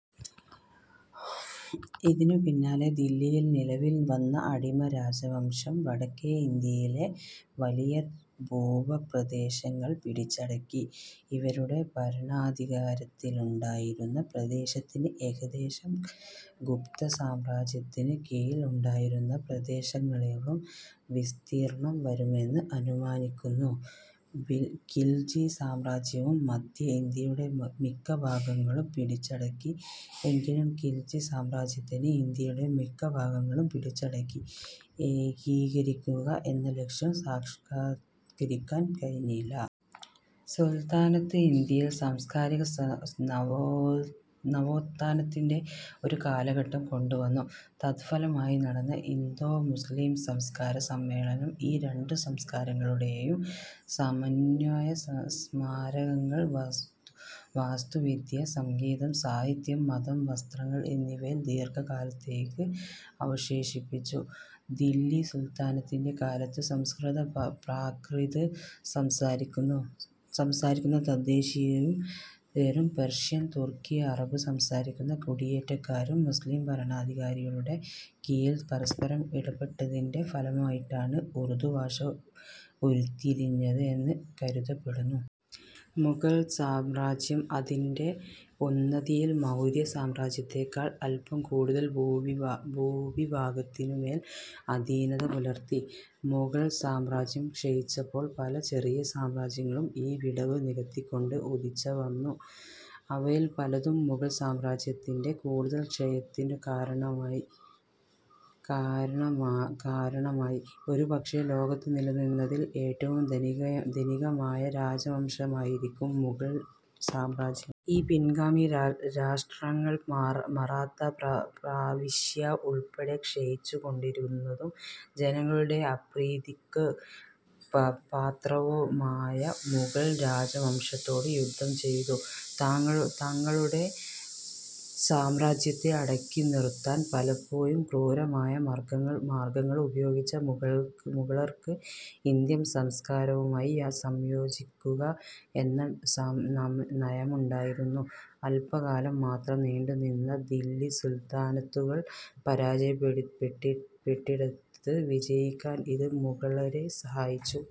ഇതിനു പിന്നാലെ ദില്ലിയിൽ നിലവിൽ വന്ന അടിമ രാജവംശം വടക്കേ ഇന്ത്യയിലെ വലിയ ഭൂപ്രദേശങ്ങൾ പിടിച്ചടക്കി. ഇവരുടെ ഭരണാധികാരത്തിലുണ്ടായിരുന്ന പ്രദേശത്തിന് ഏകദേശം ഗുപ്തസാമ്രാജ്യത്തിനു കീഴിൽ ഉണ്ടായിരുന്ന പ്രദേശങ്ങളോളം വിസ്തീർണ്ണം വരുമെന്ന് അനുമാനിക്കുന്നു. ഖിൽജി സാമ്രാജ്യവും മദ്ധ്യ ഇന്ത്യയുടെ മിക്ക ഭാഗങ്ങളും പിടിച്ചടക്കി. എങ്കിലും ഖിൽജി സാമ്രാജ്യത്തിന് ഇന്ത്യയുടെ മിക്ക ഭാഗങ്ങളും പിടിച്ചടക്കി ഏകീകരിക്കുക എന്ന ലക്ഷ്യം സാക്ഷാത്കരിക്കാൻ കഴിഞ്ഞില്ല. സുൽത്താനത്ത് ഇന്ത്യയിൽ സാംസ്കാരിക നവോത്ഥാനത്തിന്റെ ഒരു കാലഘട്ടം കൊണ്ടുവന്നു. തത്ഫലമായി നടന്ന "ഇന്തോ-മുസ്ലീം" സംസ്കാര സമ്മേളനം ഈ രണ്ടു സംസ്കാരങ്ങളുടെയും സമന്വയ സ്മാരകങ്ങൾ വാസ്തുവിദ്യ, സംഗീതം, സാഹിത്യം, മതം, വസ്ത്രങ്ങൾ എന്നിവയിൽ ദീർഘകാലത്തേയ്ക്ക് അവശേഷിപ്പിച്ചു. ദില്ലി സുൽത്താനത്തിന്റെ കാലത്ത് സംസ്കൃത പ്രാക്രിത് സംസാരിക്കുന്ന തദ്ദേശീയരും പേർഷ്യൻ, തുർക്കി, അറബ് സംസാരിക്കുന്ന കുടിയേറ്റക്കാരും മുസ്ലീം ഭരണാധികാരികളുടെ കീഴിൽ പരസ്പരം ഇടപെട്ടതിന്റെ ഫലമായിട്ടാണ് ഉർദ്ദു ഭാഷ ഉരുത്തിരിഞ്ഞത് എന്ന് കരുതപ്പെടുന്നു.. മുഗൾ സാമ്രാജ്യം അതിന്റെ ഉന്നതിയിൽ മൗര്യ സാമ്രാജ്യത്തെക്കാൾ അല്പം കൂടുതൽ ഭൂവിഭാഗത്തിനുമേൽ അധീനത പുലർത്തി. മുഗൾ സാമ്രാജ്യം ക്ഷയിച്ചപ്പോൾ പല ചെറിയ സാമ്രാജ്യങ്ങളും ഈ വിടവ് നികത്തിക്കൊണ്ട് ഉദിച്ചുവന്നു. അവയിൽ പലതും മുഗൾ സാമ്രാജ്യത്തിന്റെ കൂടുതൽ ക്ഷയത്തിനു കാരണമായി. ഒരുപക്ഷേ ലോകത്ത് നിലനിന്നതിൽ ഏറ്റവും ധനികമായ രാജവംശമായിരിക്കാം മുഗൾ സാമ്രാജ്യം. ഈ പിൻഗാമി രാഷ്ട്രങ്ങൾ, മറാത്ത പ്രവിശ്യ ഉൾപ്പെടെ ക്ഷയിച്ചുകൊണ്ടിരുന്നതും ജനങ്ങളുടെ അപ്രീതിയ്ക്കു പാത്രവുമായ മുഗൾ രാജവംശത്തോട് യുദ്ധം ചെയ്തു. തങ്ങളുടെ സാമ്രാജ്യത്തെ അടക്കിനിറുത്താൻ പലപ്പൊഴും ക്രൂരമായ മാർഗ്ഗങ്ങൾ ഉപയോഗിച്ച മുഗളർക്ക് ഇന്ത്യൻ സംസ്കാരവുമായി സംയോജിക്കുക എന്ന നയമുണ്ടായിരുന്നു. അല്പകാലം മാത്രം നീണ്ടുനിന്ന ദില്ലി സുൽത്താനത്തുകൾ പരാജയപ്പെട്ടിടത്ത് വിജയിക്കാൻ ഇത് മുഗളരെ സഹായിച്ചു.